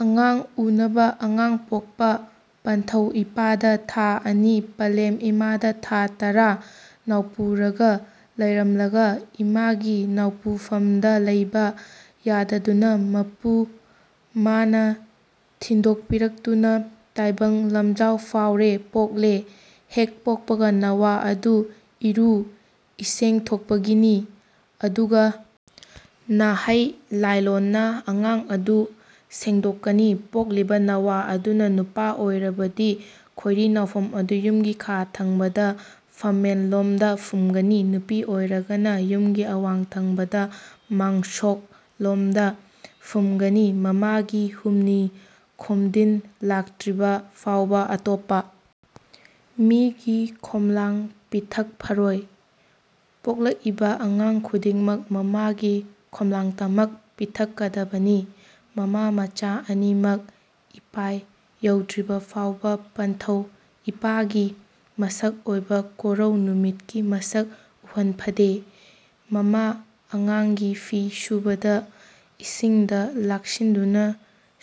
ꯑꯉꯥꯡ ꯎꯅꯕ ( ꯑꯉꯥꯡ ꯄꯣꯛꯄ) ꯄꯟꯊꯧ ꯏꯄꯥꯗ ꯊꯥ ꯑꯅꯤ, ꯄꯂꯦꯝ ꯏꯃꯥꯗ ꯊꯥ ꯇꯔꯥ ꯅꯧꯄꯨꯔꯒ ꯂꯩꯔꯝꯂꯒ ꯏꯃꯥꯒꯤ ꯅꯧꯄꯤꯐꯝꯗ ꯂꯩꯕ ꯌꯥꯗꯗꯨꯅ ꯃꯄꯨ ꯃꯥꯅ ꯊꯤꯟꯗꯣꯛꯄꯤꯔꯛꯇꯨꯅ ꯇꯥꯏꯕꯪ ꯂꯝꯖꯥꯎ ꯐꯥꯎꯔꯦ (ꯄꯣꯛꯂꯦ), ꯍꯦꯛ ꯄꯣꯛꯄꯒ ꯅꯣꯋꯥ ꯑꯗꯨ ꯏꯔꯨ ꯏꯁꯦꯡꯊꯣꯛꯄꯤꯒꯅꯤ ꯑꯗꯨꯒ ꯅꯥꯍꯩ ꯂꯥꯏꯂꯣꯟꯅ ꯑꯉꯥꯡ ꯑꯗꯨ ꯁꯦꯗꯣꯛꯀꯅꯤ꯫ ꯄꯣꯛꯂꯤꯕ ꯅꯧꯋꯥ ꯑꯗꯨꯅ ꯅꯨꯄꯥ ꯑꯣꯏꯔꯕꯗꯤ ꯈꯣꯏꯔꯤ ꯅꯧꯐꯝ ꯑꯗꯨ ꯌꯨꯝꯒꯤ ꯈꯥ ꯊꯪꯕꯗ ꯐꯝꯃꯦꯟ ꯂꯣꯝꯗ ꯐꯨꯝꯒꯅꯤ꯫ ꯅꯨꯄꯤ ꯑꯣꯏꯔꯒꯅ ꯌꯨꯝꯒꯤ ꯑꯋꯥꯡ ꯊꯪꯕꯗ ꯃꯥꯡꯁꯣꯛ ꯂꯣꯝꯗ ꯐꯨꯝꯒꯅꯤ꯫ ꯃꯃꯥꯒꯤ ꯍꯨꯝꯅꯤ ꯈꯣꯝꯗꯤꯟ ꯂꯥꯛꯇ꯭ꯔꯤꯕ ꯐꯥꯎꯕ ꯑꯇꯣꯞꯄ ꯃꯤꯒꯤ ꯈꯣꯝꯂꯥꯡ ꯄꯤꯊꯛꯐꯔꯣꯏ꯫ ꯄꯣꯛꯂꯛꯏꯕ ꯑꯉꯥꯡ ꯈꯨꯗꯤꯡꯃꯛ ꯃꯃꯥꯒꯤ ꯈꯣꯝꯂꯥꯡꯇꯃꯛ ꯄꯤꯊꯛꯀꯗꯕꯅꯤ꯫ ꯃꯃꯥ, ꯃꯆꯥ ꯑꯅꯤꯃꯛ ꯏꯄꯥꯟ ꯌꯧꯗ꯭ꯔꯤꯕ ꯐꯥꯎꯕ ꯄꯟꯊꯧ ꯏꯄꯥꯒꯤ ꯃꯁꯛ ꯑꯣꯏꯕ ꯀꯣꯔꯧ ꯅꯨꯃꯤꯠꯀꯤ ꯃꯁꯛ ꯎꯍꯟꯐꯗꯦ꯫ ꯃꯃꯥ ꯑꯉꯥꯡꯒꯤ ꯐꯤ ꯁꯨꯕꯗ ꯏꯁꯤꯡꯗ ꯂꯥꯛꯁꯤꯟꯗꯨꯅ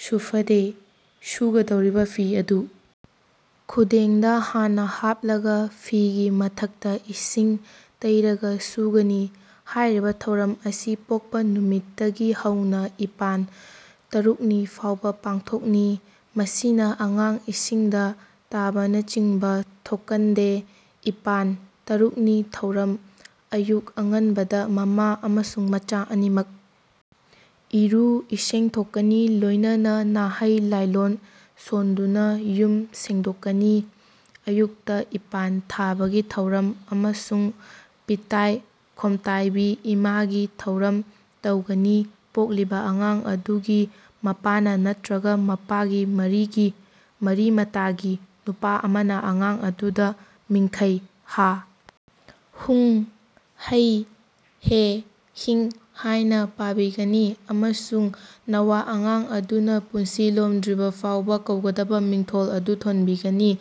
ꯁꯨꯐꯗꯦ꯫ ꯁꯨꯒꯗꯧꯔꯤꯕ ꯐꯤ ꯑꯗꯨ ꯈꯨꯗꯦꯡꯗ ꯍꯥꯟꯅ ꯍꯥꯞꯂꯒ ꯐꯤꯒꯤ ꯃꯊꯛꯇ ꯏꯁꯤꯡ ꯇꯩꯔꯒ ꯁꯨꯒꯅꯤ꯫ ꯍꯥꯏꯔꯤꯕ ꯊꯧꯔꯝ ꯑꯁꯤ ꯄꯣꯛꯄ ꯅꯨꯃꯤꯠꯇꯒꯤ ꯍꯧꯅ ꯏꯄꯥꯟ ꯇꯔꯨꯛꯅꯤ ꯐꯥꯎꯕ ꯄꯥꯡꯊꯣꯛꯅꯤ꯫ ꯃꯁꯤꯅ ꯑꯉꯥꯡ ꯏꯁꯤꯡꯗ ꯇꯥꯕꯅꯆꯤꯡꯕ ꯊꯣꯛꯀꯟꯗꯦ꯫ ꯏꯄꯥꯟ ( ꯇꯔꯨꯛꯅꯤ) ꯊꯧꯔꯝ ꯑꯌꯨꯛ ꯑꯉꯟꯕꯗ ꯃꯃꯥ ꯑꯃꯁꯨꯡ ꯃꯆꯥ ꯑꯅꯤꯃꯛ ꯏꯔꯨ ꯏꯁꯦꯡꯊꯣꯛꯀꯅꯤ ꯂꯣꯏꯅꯅ ꯅꯥꯍꯩ ꯂꯥꯏꯂꯣꯟ ꯁꯣꯟꯗꯨꯅ ꯌꯨꯝ ꯁꯦꯡꯗꯣꯛꯀꯅꯤ꯫ ꯑꯌꯨꯛꯇ ꯏꯄꯥꯟ ꯊꯥꯕꯒꯤ ꯊꯧꯔꯝ ꯑꯃꯁꯨꯡ ꯄꯤꯇꯥꯏ ꯈꯣꯝꯇꯥꯏꯕꯤ ꯏꯃꯥꯒꯤ ꯊꯧꯔꯝ ꯇꯧꯒꯅꯤ ꯄꯣꯛꯂꯤꯕ ꯑꯉꯥꯡ ꯑꯗꯨꯒꯤ ꯃꯄꯥꯅ ꯅꯠꯇ꯭ꯔꯒ ꯃꯄꯥ ꯃꯔꯤꯒꯤ (ꯃꯔꯤ ꯃꯇꯥꯒꯤ) ꯅꯨꯄꯥ ꯑꯃꯅ ꯑꯉꯥꯡ ꯑꯗꯨꯗ ꯃꯤꯡꯈꯩ ꯍꯥ, ꯍꯨꯡ, ꯍꯩ, ꯍꯦ, ꯍꯤꯡ ꯍꯥꯏꯅ ꯄꯥꯕꯤꯒꯅꯤ ꯑꯃꯁꯨꯡ ꯅꯧꯋꯥ ꯑꯉꯥꯡ ꯑꯗꯨꯅ ꯄꯨꯟꯁꯤ ꯂꯣꯝꯗ꯭ꯔꯤꯕ ꯐꯥꯎꯕꯗ ꯀꯧꯒꯗꯕ ꯃꯤꯡꯊꯣꯜ ꯑꯗꯨ ꯊꯣꯟꯕꯤꯒꯅꯤ꯫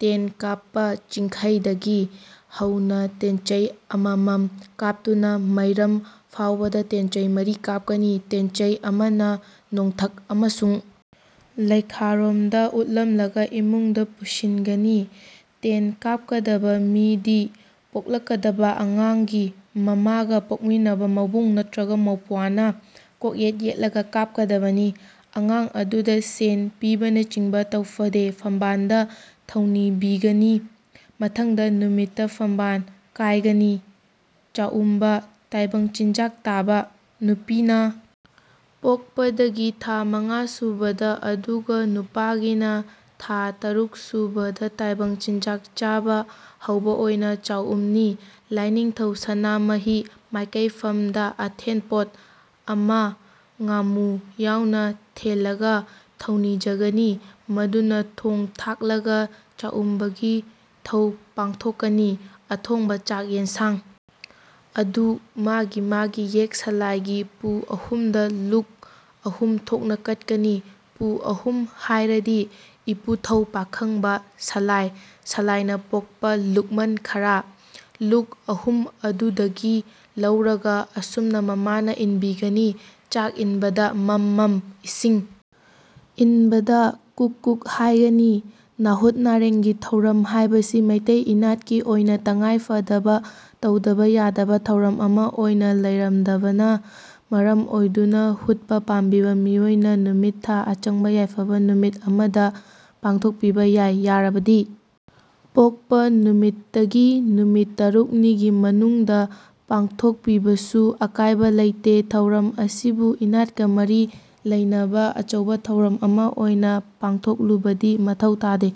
ꯇꯦꯟ ꯀꯥꯞꯄ ꯆꯤꯡꯈꯩꯗꯒꯤ ꯍꯧꯅ ꯇꯦꯟꯆꯩ ꯑꯃꯃꯝ ꯀꯥꯞꯇꯨꯅ ꯃꯩꯔꯝ ꯐꯥꯎꯕꯗ ꯇꯦꯟꯆꯩ ꯃꯔꯤ ꯀꯥꯞꯀꯅꯤ꯫ ꯇꯦꯟꯆꯩ ꯑꯃꯅ ꯅꯣꯡꯊꯛ ꯑꯃꯁꯨꯡ ꯂꯩꯈꯥꯔꯣꯝꯗ ꯎꯠꯂꯝꯂꯒ ꯏꯃꯨꯡꯗ ꯄꯨꯁꯤꯟꯒꯅꯤ꯫ ꯇꯦꯟ ꯀꯥꯞꯀꯗꯕ ꯃꯤꯗꯤ ꯄꯣꯛꯂꯛꯀꯗꯕ ꯑꯉꯥꯡꯒꯤ ꯃꯃꯥꯒ ꯄꯣꯛꯃꯤꯟꯅꯕ ꯃꯕꯨꯡ ꯅꯠꯇ꯭ꯔꯒ ꯃꯧꯄ꯭ꯋꯥꯅ ꯀꯣꯛꯌꯦꯠ ꯌꯦꯠꯂꯒ ꯀꯥꯞꯀꯗꯕꯅꯤ꯫ ꯑꯉꯥꯡ ꯑꯗꯨꯗ ꯁꯦꯟ ꯄꯤꯕꯅꯆꯤꯡꯕ ꯇꯧꯐꯗꯦ, ꯐꯝꯕꯥꯟꯗ ꯊꯧꯅꯤꯕꯤꯒꯅꯤ꯫ ꯃꯊꯪꯒꯤ ꯅꯨꯃꯤꯠꯇ ꯐꯝꯕꯥꯟ ꯀꯥꯏꯒꯅꯤ꯫ ꯆꯥꯎꯝꯕ (ꯇꯥꯏꯕꯪ ꯆꯤꯟꯖꯥꯛ ꯆꯥꯕ), ꯅꯨꯄꯤꯅ ꯄꯣꯛꯄꯗꯒꯤ ꯊꯥ ꯃꯉꯥ ꯁꯨꯕꯗ ꯑꯗꯨꯒ ꯅꯨꯄꯥꯒꯤꯅ ꯊꯥ ꯇꯔꯨꯛ ꯁꯨꯕꯗ ꯇꯥꯏꯕꯪ ꯆꯤꯟꯖꯥꯛ ꯆꯥꯕ ꯍꯧꯕ ꯑꯣꯏꯅ ꯆꯥꯎꯝꯅꯤ꯫ ꯂꯥꯏꯅꯤꯡꯊꯧ ꯁꯅꯥꯃꯍꯤ ꯃꯀꯥꯏꯐꯝꯗ ꯑꯊꯦꯟꯄꯣꯠ ꯑꯃ ꯉꯥꯃꯨ ꯌꯥꯎꯅ ꯊꯦꯜꯂꯒ ꯊꯧꯅꯤꯖꯒꯅꯤ꯫ ꯃꯗꯨꯅ ꯊꯣꯡ ꯊꯥꯛꯂꯒ ꯆꯥꯎꯝꯕꯒꯤ ꯊꯧ ꯄꯥꯡꯊꯣꯛꯀꯅꯤ꯫ ꯑꯊꯣꯡꯕ ꯆꯥꯛ ꯌꯦꯟꯁꯥꯡ ꯑꯗꯨ ꯃꯥꯒꯤ ꯃꯥꯒꯤ ꯌꯦꯛ ꯁꯥꯂꯥꯏꯒꯤ ꯄꯨ ꯑꯍꯨꯝꯗ ꯂꯨꯛ ꯑꯍꯨꯝ ꯊꯣꯛꯅ ꯀꯠꯀꯅꯤ꯫ (ꯄꯨ ꯑꯍꯨꯝ ꯍꯥꯏꯔꯗꯤ ꯏꯄꯨꯊꯧ ꯄꯥꯈꯪꯕ, ꯁꯂꯥꯏ, ꯁꯂꯥꯏꯅꯥ ꯄꯣꯛꯄꯥ ꯂꯨꯛꯃꯟ ꯈꯔꯥ) ꯂꯨꯛ ꯑꯍꯨꯝ ꯑꯗꯨꯗꯒꯤ ꯂꯧꯔꯒ ꯑꯁꯨꯝꯅ ꯃꯃꯥꯅ ꯏꯟꯕꯤꯒꯅꯤ꯫ ꯆꯥꯛ ꯏꯟꯕꯗ ꯃꯝ ꯃꯝ, ꯏꯁꯤꯡ ꯏꯟꯕꯗ ꯀꯨꯛ ꯀꯨꯛ ꯍꯥꯏꯒꯅꯤ꯫ ꯅꯥꯍꯨꯠ ꯅꯥꯔꯦꯡꯒꯤ ꯊꯧꯔꯝ ꯍꯥꯏꯕꯁꯤ ꯃꯤꯇꯩ ꯏꯅꯥꯠꯀꯤ ꯑꯣꯏꯅ ꯇꯉꯥꯏ ꯐꯗꯕ ꯇꯧꯗꯕ ꯌꯥꯗꯕ ꯊꯧꯔꯝ ꯑꯃ ꯑꯣꯏꯅ ꯂꯩꯔꯝꯗꯕꯅ ꯃꯔꯝ ꯑꯣꯏꯗꯨꯅ ꯍꯨꯠꯄ ꯄꯥꯝꯕꯤꯕ ꯃꯤꯑꯣꯏꯅ ꯅꯨꯃꯤꯠ ꯊꯥ ꯑꯆꯪꯕ ꯌꯥꯏꯐꯕ ꯅꯨꯃꯤꯠ ꯑꯃꯗ ꯄꯥꯥꯡꯊꯣꯛꯄꯤꯕ ꯌꯥꯏ꯫ ꯌꯥꯔꯕꯗꯤ ꯄꯣꯛꯄ ꯅꯨꯃꯤꯠꯇꯒꯤ ꯅꯨꯃꯤꯠ ꯇꯔꯨꯛꯅꯤꯒꯤ ꯃꯅꯨꯡꯗ ꯄꯥꯡꯊꯣꯛꯄꯤꯕꯁꯨ ꯑꯀꯥꯏꯕ ꯂꯩꯇꯦ ꯊꯧꯔꯝ ꯑꯁꯤꯕꯨ ꯏꯅꯥꯠꯀ ꯃꯔꯤ ꯂꯩꯅꯕ ꯑꯆꯧꯕ ꯊꯧꯔꯝ ꯑꯃ ꯑꯣꯏꯅ ꯄꯥꯡꯊꯣꯛꯂꯨꯕꯗꯤ ꯃꯊꯧ ꯇꯥꯗꯦ